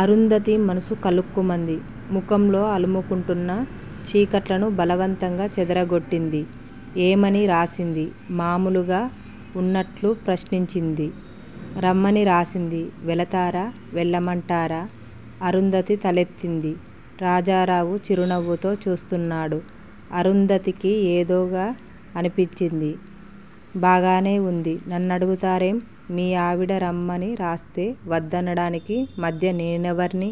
అరుంధతి మనసు కలుక్కుమంది. ముఖంలో అలుముకుంటున్న చీకట్లను బలవంతంగా చెదరగొట్టింది. ఏమని రాసింది? మామూలుగా ఉన్నట్లు ప్రశ్నించింది. రమ్మని రాసింది! వెళతారా? వెళ్ళమంటారా? అరుంధతి తలెత్తింది. రాజారావు చిరునవ్వుతో చూస్తున్నాడు. అరుంధతికి ఏదోగా అనిపించింది. బాగానే ఉంది. నన్నడుగుతారే? మీ ఆవిడ రమ్మని రాస్తే వద్దనడానికి మధ్య నేనెవర్ని!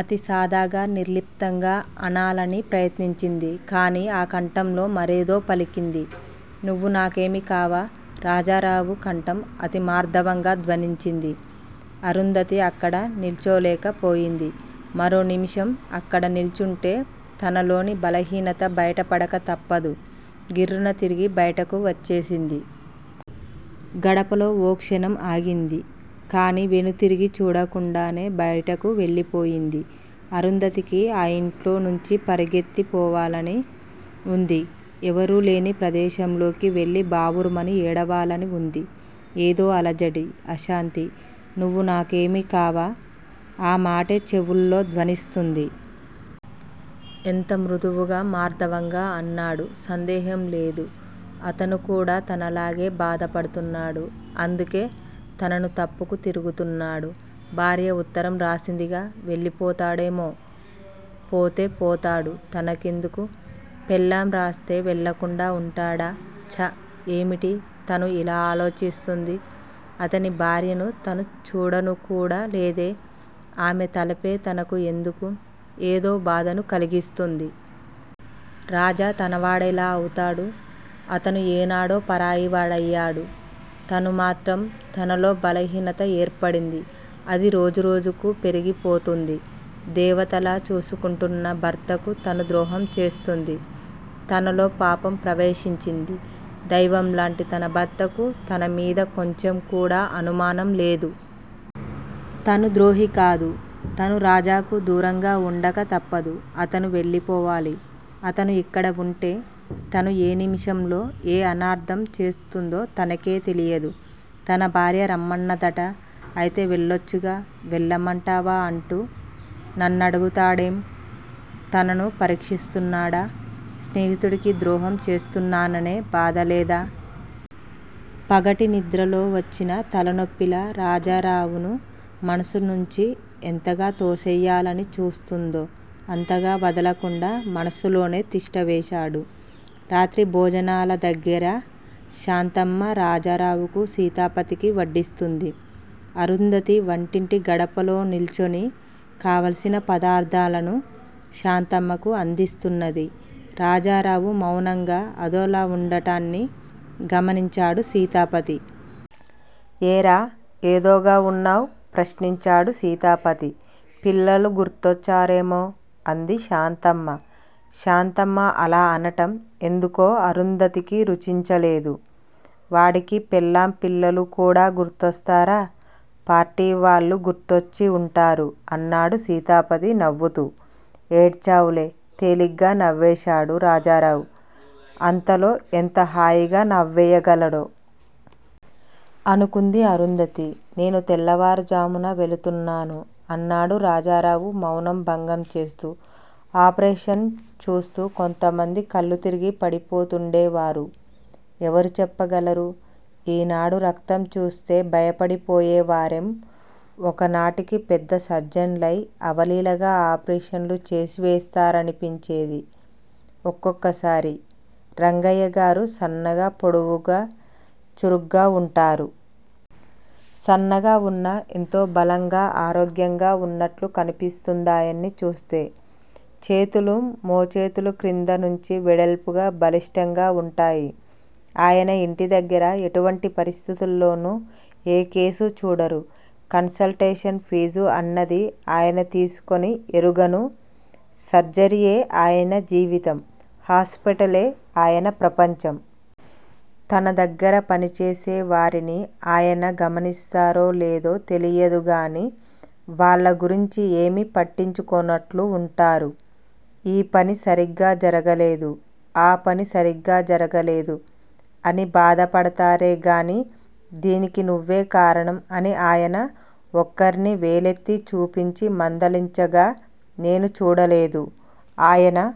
అతి సాదాగా నిర్లిప్తంగా అనాలని ప్రయత్నించింది. కాని ఆ కంఠంలో మరేదో పలికింది. నువ్వు నాకేమీ కావా? రాజారావు కంఠం అతి మార్దవంగా ధ్వనించింది. అరుంధతి అక్కడ నిల్చోలేక పోయింది. మరో నిమిషం అక్కడ నిల్చుంటే తనలోని బలహీనత బయటపడక తప్పదు. గిర్రున తిరిగి బయటకు వచ్చేసింది. గడపలో ఓ క్షణం ఆగింది. కాని వెనుతిరిగి చూడకుండానే బయటకు వెళ్ళిపోయింది. అరుంధతికి ఆ ఇంట్లో నుంచి పరుగెత్తి పోవాలని వుంది. ఎవరూ లేని ప్రదేశంలోకి వెళ్ళి బావురుమని ఏడవాలని వుంది. ఏదో అలజడి! అశాంతి! నువ్వు నాకేమీ కావా? ఆ మాటే చెవుల్లో ధ్వనిస్తూంది. ఎంత మృదువుగా, మార్దవంగా అన్నాడు! సందేహం లేదు. అతను కూడా తనలాగే బాధపడుతున్నాడు. అందుకే తనను తప్పుకు తిరుగుతున్నాడు. భార్య ఉత్తరం రాసిందిగా వెళ్ళిపోతాడేమో? పోతే పోతాడు. తనకెందుకు? పెళ్ళాం రాస్తే వెళ్ళకుండా వుంటాడా? ఛ! ఏమిటి తను ఇలా ఆలోచిస్తూంది? అతని భార్యను తను చూడనుకూడా లేదే ఆమె తలపే తనకు ఎందుకు ఏదో బాధను కలిగిస్తుంది? రాజా తన వాడెలా అవుతాడు? అతను ఏనాడో పరాయివాడయ్యాడు. తను మాత్రం! తనలో బలహీనత ఏర్పడింది. అది రోజు రోజుకూ పెరిగి పోతూంది. దేవతలా చూసుకుంటున్న భర్తకు తను ద్రోహం చేస్తూంది. తనలో పాపం ప్రవేశించింది. దైవం లాంటి తన భర్తకు తన మీద కొంచెం కూడా అనుమానం లేదు. తను ద్రోహి కాదు. తను రాజాకు దూరంగా వుండక తప్పదు. అతను వెళ్ళిపోవాలి. అతను ఇక్కడ వుంటే తను ఏ నిముషంలో ఏ అనర్ధం చేస్తుందో తనకే తెలియదు. తన భార్య రమ్మన్నదట! అయితే వెళ్ళొచ్చుగా? వెళ్ళమంటావా అంటూ తనను అడుగుతాడేం? తనను పరీక్షిస్తున్నాడా? స్నేహితుడికి ద్రోహం చేస్తున్నాననే బాధ లేదా? పగటి నిద్రలో వచ్చిన తలనొప్పిలా, రాజారావును మనస్సునించి ఎంతగా తోసెయ్యాలని చూస్తుందో అంతగా వదలకుండా మనస్సులోనే తిష్ఠ వేశాడు. రాత్రి భోజనాల దగ్గిర శాంతమ్మ రాజారావుకూ సీతాపతికి వడ్డిస్తూంది. అరుంధతి వంటింటి గడపలో నిల్చొని కావాల్సిన పదార్ధాలను శాంతమ్మకు అందిస్తున్నది. రాజారావు మౌనంగా అదోలా వుండటాన్ని గమనించాడు సీతాపతి. ఏరా ఏదోగా వున్నావు? ప్రశ్నించాడు సీతాపతి. పిల్లలు గుర్తొచ్చారేమో? అంది శాంతమ్మ. శాంతమ్మ అలా అనటం ఎందుకో అరుంధతికి రుచించలేదు. వాడికి పెళ్ళాం పిల్లలు కూడా గుర్తొస్తారా? పార్టీవాళ్ళు గుర్తొచ్చి వుంటారు అన్నాడు సీతాపతి నవ్వుతూ. ఏడ్చావులే తేలిగ్గా నవ్వేశాడు రాజారావు. అంతలో ఎంత హాయిగా నవ్వేయగలడో! అనుకుంది అరుంధతి. నేను తెల్లవారుఝామున వెళుతున్నాను అన్నాడు రాజారావు మౌనం భంగంచేస్తూ. ఆపరేషన్ చూస్తూ కొంతమంది కళ్ళు తిరిగి పడి పోతూండే వారు. ఎవరు చెప్పగలరు, యీనాడు రక్తం చూస్తే భయపడిపోయేవారేం ఒక నాటికి పెద్ద సర్జన్లయి, అవలీలగా ఆపరేషన్లు చేసి వేస్తారనిపించేది ఒక్కొక్కసారి. రంగయ్యగారు సన్నగా, పొడవుగా, చురుగ్గా వుంటారు. సన్నగా వున్నా ఎంతో బలంగా, ఆరోగ్యంగా వున్నట్లు కనిపిస్తుందాయన్ని చూస్తే. చేతులు మోచేతులు క్రింద నుంచి వెడల్పుగా, బలిష్ఠంగా వుంటాయి. ఆయన యింటి దగ్గర ఎటువంటి పరిస్థితుల్లోనూ ఏ కేసూ చూడరు. కన్సల్టేషన్ ఫీజు అన్నది ఆయన తీసుకుని ఎరుగను. సర్జరీయే ఆయన జీవితం! హాస్పిటలే ఆయన ప్రపంచం. తన దగ్గర పని చేసే వారిని ఆయన గమనిస్తారో లేదో తెలియదుగాని వాళ్ళ గురించి ఏమీ పట్టించుకోనట్లు వుంటారు. ఈ పని సరిగ్గా జరగలేదు. ఆపని సరిగ్గా జరగలేదు అని బాధ పడతారే గాని దీనికి నువ్వే కారణం అని ఆయన ఒకర్ని వేలెత్తి చూపించి మందలించగా నేను చూడలేదు. ఆయన